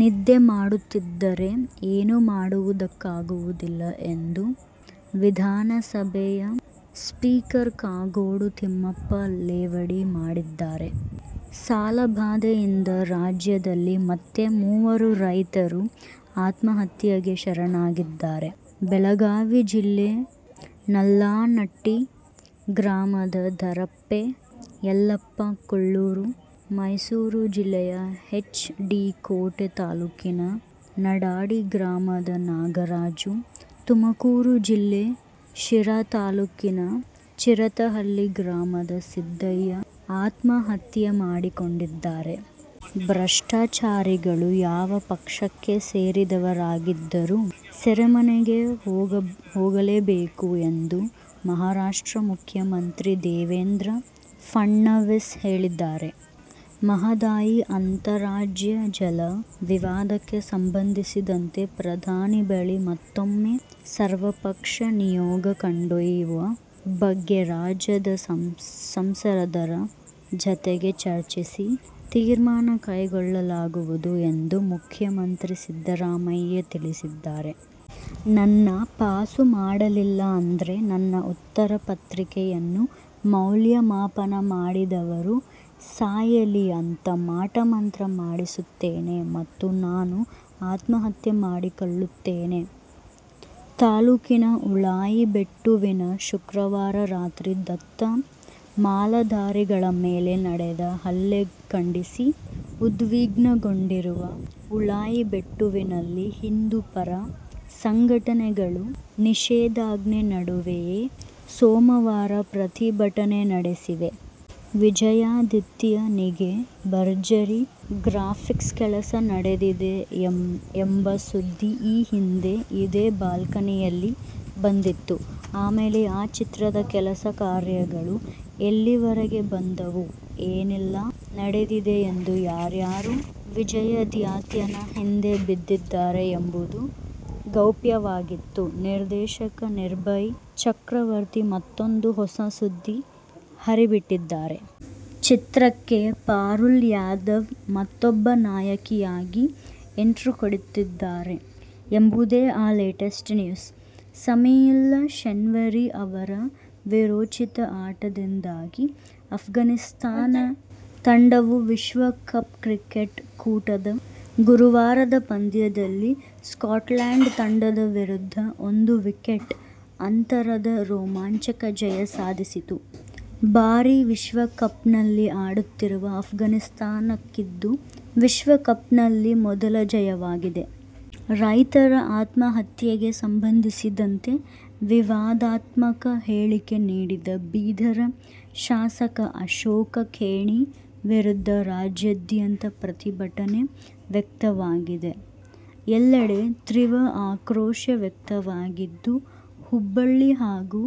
ನಿದ್ದೆ ಮಾಡುತ್ತಿದ್ದರೆ ಏನೂ ಮಾಡುವುದಕ್ಕಾಗುವುದಿಲ್ಲ ಎಂದು ವಿಧಾನಸಭೆಯ ಸ್ಪೀಕರ್ ಕಾಗೋಡು ತಿಮ್ಮಪ್ಪ ಲೇವಡಿ ಮಾಡಿದ್ದಾರೆ. ಸಾಲಬಾಧೆಯಿಂದ ರಾಜ್ಯದಲ್ಲಿ ಮತ್ತೆ ಮೂವರು ರೈತರು ಆತ್ಮಹತ್ಯೆಗೆ ಶರಣಾಗಿದ್ದಾರೆ. ಬೆಳಗಾವಿ ಜಿಲ್ಲೆ ನಲ್ಲಾನಟ್ಟಿ ಗ್ರಾಮದ ಧರೆಪ್ಪ ಯಲ್ಲಪ್ಪ ಕುಳ್ಳೂರು, ಮೈಸೂರು ಜಿಲ್ಲೆಯ ಎಚ್. ಡಿ. ಕೋಟೆ ತಾಲೂಕಿನ ನಡಾಡಿ ಗ್ರಾಮದ ನಾಗರಾಜು, ತುಮಕೂರು ಜಿಲ್ಲೆ ಶಿರಾ ತಾಲೂಕಿನ ಚಿರತಹಳ್ಳಿ ಗ್ರಾಮದ ಸಿದ್ದಯ್ಯ ಆತ್ಮಹತ್ಯೆ ಮಾಡಿಕೊಂಡಿದ್ದಾರೆ. ಭ್ರಷ್ಟಾಚಾರಿಗಳು ಯಾವ ಪಕ್ಷಕ್ಕೆ ಸೇರಿದವರಾಗಿದ್ದರೂ ಸೆರೆಮನೆಗೆ ಹೋಗಲೇಬೇಕು ಎಂದು ಮಹಾರಾಷ್ಟ್ರ ಮುಖ್ಯಮಂತ್ರಿ ದೇವೇಂದ್ರ ಫಡ್ನವೀಸ್ ಹೇಳಿದ್ದಾರೆ. ಮಹದಾಯಿ ಅಂತಾರಾಜ್ಯ ಜಲ ವಿವಾದಕ್ಕೆ ಸಂಬಂಧಿಸಿದಂತೆ ಪ್ರಧಾನಿ ಬಳಿ ಮತ್ತೂಮ್ಮೆ ಸರ್ವಪಕ್ಷ ನಿಯೋಗ ಕೊಂಡೊಯ್ಯುವ ಬಗ್ಗೆ ರಾಜ್ಯದ ಸಂಸದರ ಜತೆಗೆ ಚರ್ಚಿಸಿ, ತೀರ್ಮಾನ ಕೈಗೊಳ್ಳಲಾಗುವುದು ಎಂದು ಮುಖ್ಯಮಂತ್ರಿ ಸಿದ್ದರಾಮಯ್ಯತಿಳಿಸಿದ್ದಾರೆ. "ನನ್ನ ಪಾಸು ಮಾಡಲಿಲ್ಲ ಅಂದ್ರೆ, ನನ್ನ ಉತ್ತರ ಪತ್ರಿಕೆಯನ್ನು ಮೌಲ್ಯಮಾಪನ ಮಾಡಿದವರು ಸಾಯಲಿ ಅಂತ ಮಾಟ ಮಂತ್ರ ಮಾಡಿಸುತ್ತೇನೆ ಮತ್ತು ನಾನೂ ಆತ್ಮಹತ್ಯೆ ಮಾಡಿಕೊಳ್ಳುತ್ತೇನೆ'। ತಾಲೂಕಿನ ಉಳಾಯಿಬೆಟ್ಟುವಿನಲ್ಲಿ ಶುಕ್ರವಾರ ರಾತ್ರಿ ದತ್ತ ಮಾಲಾಧಾರಿಗಳ ಮೇಲೆ ನಡೆದ ಹಲ್ಲೆ ಖಂಡಿಸಿ ಉದ್ವಿಗ್ನಗೊಂಡಿರುವ ಉಳಾಯಿಬೆಟ್ಟುವಿನಲ್ಲಿ ಹಿಂದುಪರ ಸಂಘಟನೆಗಳು ನಿಷೇಧಾಜ್ಞೆ ನಡುವೆಯೇ ಸೋಮವಾರ ಪ್ರತಿಭಟನೆ ನಡೆಸಿವೆ. "ವಿಜಯಾಧಿತ್ಯ' ನಿಗೆ ಭರ್ಜರಿ ಗ್ರಾಫಿಕ್ಸ್ ಕೆಲಸ ನಡೆದಿದೆ ಎಂಬ ಸುದ್ದಿ ಈ ಹಿಂದೆ ಇದೇ ಬಾಲ್ಕನಿಯಲ್ಲಿ ಬಂದಿತ್ತು. ಆಮೇಲೆ ಆ ಚಿತ್ರದ ಕೆಲಸ ಕಾರ್ಯಗಳು ಎಲ್ಲಿವರೆಗೆ ಬಂದವು, ಏನೆಲ್ಲಾ ನಡೆದಿದೆ ಮತ್ತೆ ಯಾರ್ಯಾರು "ವಿಜಯಾಧಿತ್ಯ'ನ ಹಿಂದೆ ಬಿದ್ದಿದ್ದಾರೆ ಎಂಬುದು ಗೌಪ್ಯವಾಗಿತ್ತು. ನಿರ್ದೇಶಕ ನಿರ್ಭಯ್ ಚಕ್ರವರ್ತಿ ಮತ್ತೂಂದು ಹೊಸ ಸುದ್ದಿ ಹರಿಬಿಟ್ಟಿದ್ದಾರೆ. ಚಿತ್ರಕ್ಕೆ ಪಾರುಲ್ ಯಾದವ್ ಮತ್ತೂಬ್ಬ ನಾಯಕಿಯಾಗಿ ಎಂಟ್ರಿಕೊಡುತ್ತಿದ್ದಾರೆ ಎಂಬುದೇ ಆ ಲೇಟೆಸ್ಟ್ ನ್ಯೂಸು. ಸಮಿಯುಲ್ಲ ಶೆನ್ವರಿ ಅವರ ವೀರೋಚಿತ ಆಟದಿಂದಾಗಿ ಅಫ್ಘಾನಿಸ್ಥಾನ ತಂಡವು ವಿಶ್ವ ಕಪ್ ಕ್ರಿಕೆಟ್ ಕೂಟದ ಗುರುವಾರದ ಪಂದ್ಯದಲ್ಲಿ ಸ್ಕಾಟ್ಲೆಂಡ್ ತಂಡದ ವಿರುದ್ಧ ಒಂದು ವಿಕೆಟ್ ಅಂತರದ ರೋಮಾಂಚಕ ಜಯ ಸಾಧಿಸಿತು. ಬಾರಿ ವಿಶ್ವ ಕಪ್ನಲ್ಲಿ ಆಡುತ್ತಿರುವ ಅಫ್ಘಾನಿಸ್ಥಾನಕ್ಕಿದು ವಿಶ್ವ ಕಪ್ನಲ್ಲಿ ಮೊದಲ ಜಯವಾಗಿದೆ. ರೈತರ ಆತ್ಮಹತ್ಯೆಗೆ ಸಂಬಂಧಿಸಿದಂತೆ ವಿವಾದಾತ್ಮಕ ಹೇಳಿಕೆ ನೀಡಿದ ಬೀದರ ಶಾಸಕ ಅಶೋಕ ಖೇಣಿ ವಿರುದ್ಧ ರಾಜ್ಯಾದ್ಯಂತ ಪ್ರತಿಭಟನೆ ವ್ಯಕ್ತವಾಗಿದೆ. ಎಲ್ಲೆಡೆ ತೀವ್ರ ಆಕ್ರೋಶ ವ್ಯಕ್ತವಾಗಿದ್ದು, ಹುಬ್ಬಳ್ಳಿ ಹಾಗೂ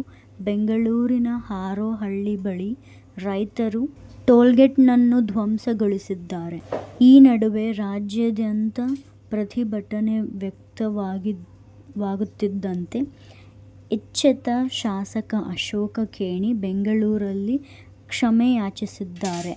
ಬೆಂಗಳೂರಿನ ಹಾರೋಹಳ್ಳಿ ಬಳಿ ರೈತರು ಟೋಲ್ಗೇಟ್ನ್ನು ಧ್ವಂಸಗೊಳಿಸಿದ್ದಾರೆ. ಈ ನಡುವೆ ರಾಜ್ಯಾದ್ಯಂತ ಪ್ರತಿಭಟನೆ ವ್ಯಕ್ತವಾಗುತ್ತಿದ್ದಂತೆ ಎಚ್ಚೆತ್ತ ಶಾಸಕ ಅಶೋಕ ಖೇಣಿ ಬೆಂಗಳೂರಲ್ಲಿ ಕ್ಷಮೆಯಾಚಿಸಿದ್ದಾರೆ.